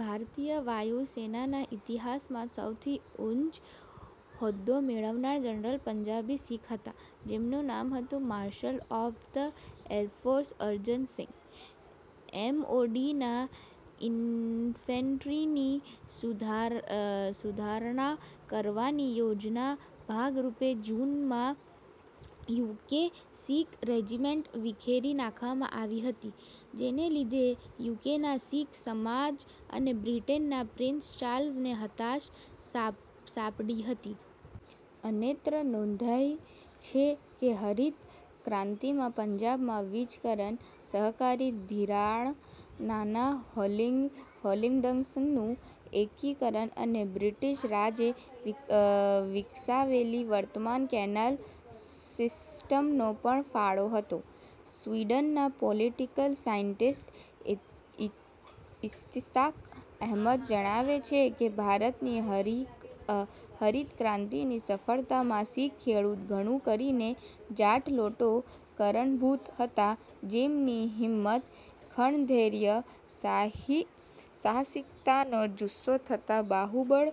ભારતીય વાયુ સેનાના ઇતિહાસમાં સૌથી ઉચ્ચ હોદ્દો મેળવનાર જનરલ પંજાબી શીખ હતા, જેમનું નામ હતું marshal of the air force Arjan Singh. એમઓડીના ઈનફન્ટ્રીની સુધારણા કરવાની યોજનાના ભાગરૂપે જૂન માં યુકે શીખ રેજિમેન્ટ વિખેરી નાખવામાં આવી હતી, જેને લીધે યુકેના શીખ સમાજ અને બ્રિટનના પ્રિન્સ ચાર્લ્સને હતાશા સાંપડી હતી. અત્રે નોંધનીય છે કે હરિત ક્રાંતિમાં પંજાબમાં વીજકરણ, સહકારી ધિરાણ, નાનાં હોલ્ડિંગ્સનું એકીકરણ અને બ્રિટીશ રાજે વિકસાવેલી વર્તમાન કેનાલ સિસ્ટમનો પણ ફાળો હતો. સ્વીડનનાં પોલિટિકલ સાયન્ટિસ્ટ, ઈશ્તિઆક અહેમદ જણાવે છે કે, ભારતની હરિત ક્રાંતિની સફળતામાં 'શીખ ખેડૂત, ઘણું કરીને જાટ લોકો કારણભૂત હતા જેમની હિંમત, ખંત-ધૈર્ય, સાહસિકતાનો જુસ્સો તથા બાહુબળ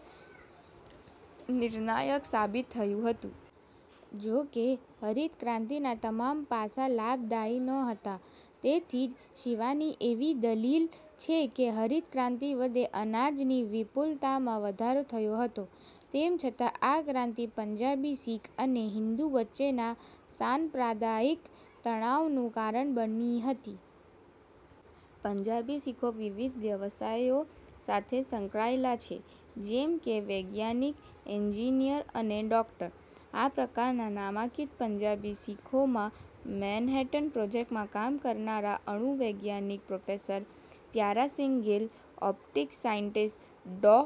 નિર્ણાયક સાબિત થયું હતું. ' જો કે, હરિત ક્રાતિના તમામ પાસા લાભદાયી નહોતા. તેથી જ શિવાની એવી દલીલ છે કે હરિત ક્રાંતિ વડે અનાજની વિપુલતામાં વધારો થયો હતો, તેમ છતાં આ ક્રાંતિ પંજાબી શીખ અને હિંદુ વચ્ચેના સાંપ્રદાયિક તણાવનું કારણ બની હતી. પંજાબી શીખો વિવિધ વ્યવસાયો સાથે સંકળાયેલા છે જેમ કે વૈજ્ઞાનિક, ઈજનેર અને ડોક્ટર; આ પ્રકારના નામાંકિત પંજાબી શીખોમાં મેનહટન પ્રોજેક્ટમાં કામ કરનારા અણુ વૈજ્ઞાનિક professor Pyara Singh Gill, optic scientist ડો.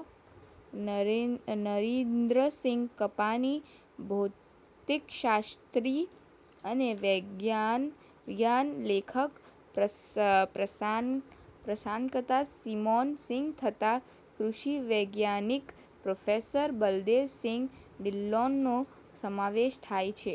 નરિન્દરસિંઘ કપાની, ભૌતિકશાસ્ત્રી અને વિજ્ઞાન લેખક/ પ્રસારણકર્તા સિમોન સિંઘ તથા કૃષિ વૈજ્ઞાનિક પ્રોફેસર બલદેવસિંઘ ધિલ્લોનનો સમાવેશ થાય છે.